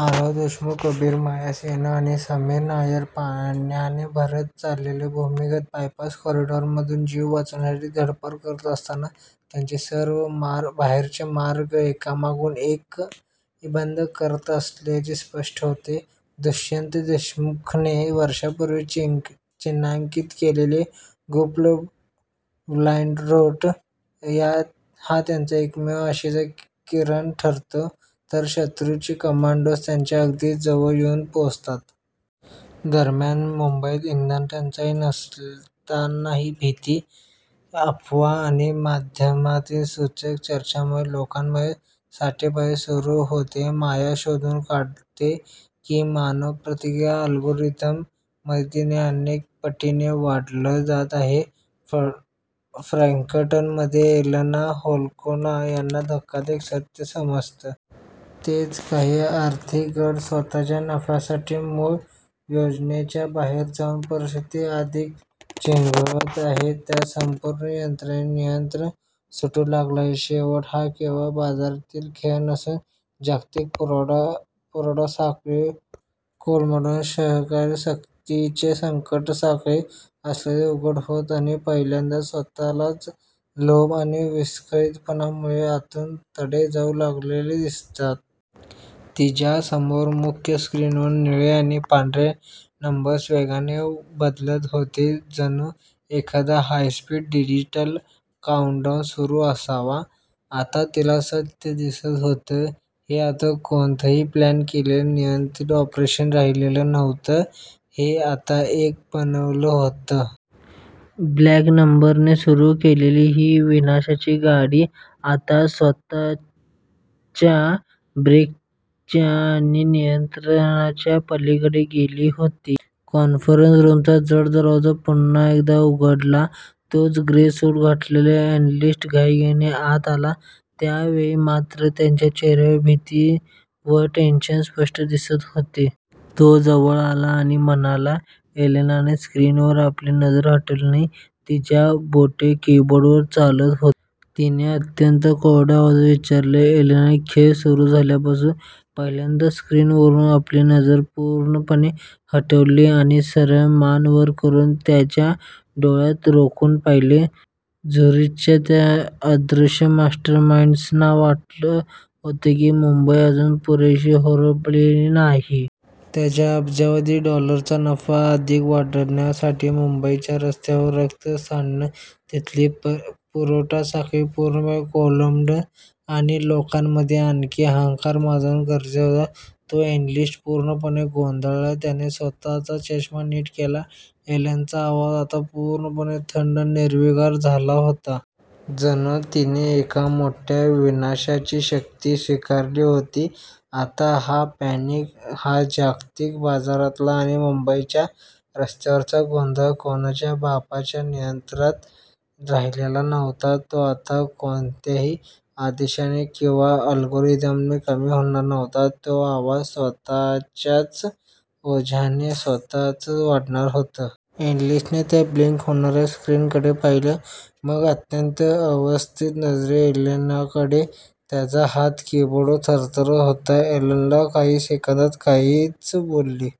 आरव देशमुख, कबीर, माया सेन आणि समीर नायर पाण्याने भरत चाललेल्या भूमिगत बायपास कॉरिडॉरमधून जीव वाचवण्यासाठी धडपड करत असताना त्यांचे सर्व बाहेरचे मार्ग एकामागून एक बंद करत असल्याचं स्पष्ट होतं. दुष्यंत देशमुखने वर्षांपूर्वी चिन्हांकित केलेला गुप्त "ब्लाइंड रूट" हा त्यांचा एकमेव आशेचा किरण ठरतो, तर शत्रूचे कमांडोज त्यांच्या अगदी जवळ येऊन पोहोचतात. दरम्यान मुंबईत इंधनटंचाई नसतानाही भीती, अफवा आणि माध्यमांतील सूचक चर्चांमुळे लोकांमध्ये साठेबाजी सुरू होते. माया शोधून काढते की मानवी प्रतिक्रियांना अल्गोरिदमच्या मदतीने अनेक पटींनी वाढवलं जात आहे. फ्रँकफर्टमध्ये एलेना व्होल्कोव्हा यांना धक्कादायक सत्य समजतं. तेच काही आर्थिक गट स्वतःच्या नफ्यासाठी मूळ योजनेच्या बाहेर जाऊन परिस्थिती अधिक चिघळवत आहेत आणि संपूर्ण यंत्रणेचं नियंत्रण सुटू लागलं आहे. शेवटी हा केवळ बाजारातील खेळ नसून जागतिक पुरवठा साखळी कोलमडवू शकणारी सक्तीची संकटसाखळी असल्याचं उघड होतं आणि पहिल्यांदाच स्वतःच्याच लोभ आणि विस्कळीतपणामुळे आतून तडे जाऊ लागलेलं दिसतं. तिच्या समोरच्या मुख्य स्क्रीनवर निळे आणि पांढरे नंबर्स वेगाने बदलत होते, जणू एखादा हाय-स्पीड डिजिटल काउंटडाऊन सुरू असावा. आता तिला सत्य दिसत होतं. हे आता कोणतंही प्लॅन केलेलं, नियंत्रित ऑपरेशन राहिलेलं नव्हतं. हे आता एक बनलं होतं. 'ब्लॅक एम्बर'ने सुरू केलेली ही विनाशाची गाडी आता त्यांच्या स्वतःच्या ब्रेकच्या आणि नियंत्रणाच्या पलीकडे गेली होती. कॉन्फरन्स रूमचा जड दरवाजा पुन्हा एकदा उघडला. तोच ग्रे सूट घातलेला अनॅलिस्ट घाईघाईने आत आला. यावेळी मात्र त्याच्या चेहऱ्यावर भीती व टेन्शन स्पष्ट दिसत होतं. तो जवळ आला आणि म्हणाला, "एलेनाने स्क्रीनवरून आपली नजर हटवली नाही, तिची बोटे कीबोर्डवर चालतच होती. तिने अत्यंत कोरड्या आवाजात विचारलं," एलेनाने खेळ सुरू झाल्यापासून पहिल्यांदाच स्क्रीनवरून आपली नजर पूर्णपणे हटवली आणि सरळ मान वर करून त्याच्या डोळ्यांत रोखून पाहिलं, झुरिचच्या त्या अदृश्य मास्टरमाइंड्सना वाटत होतं की, मुंबई अजून पुरेशी होरपळलेली नाही. त्यांचा अब्जावधी डॉलर्सचा नफा अधिक वाढवण्यासाठी मुंबईच्या रस्त्यांवर रक्त सांडणं, तिथली पुरवठा साखळी पूर्णपणे कोलमडणं आणि लोकांमध्ये आणखी हाहाकार माजणं गरजेचं होतं. तो अनॅलिस्ट पूर्णपणे गोंधळला. त्याने स्वतःचा चष्मा नीट केला, एलेनाचा आवाज आता पूर्णपणे थंड, निर्विकार झाला होता. जणू तिने एका मोठ्या विनाशाची शक्यता स्वीकारली होती. आता हा पॅनिक, हा जागतिक बाजारातला आणि मुंबईच्या रस्त्यांवरचा गोंधळ कोणाच्याही बापाच्या नियंत्रणात राहिला नव्हता. तो आता कोणत्याही आदेशाने किंवा अल्गोरिदमने कमी होणार नव्हता. तो आता स्वतःच्याच ओझ्याने, स्वतःच वाढणार होता. अनॅलिस्टने त्या ब्लिंक होणाऱ्या स्क्रीनकडे पाहिलं, मग अत्यंत अस्वस्थ नजरेने एलेनाकडे. त्याचा हात कीबोर्डवर थरथरत होता. एलेना काही सेकंद काहीच बोलली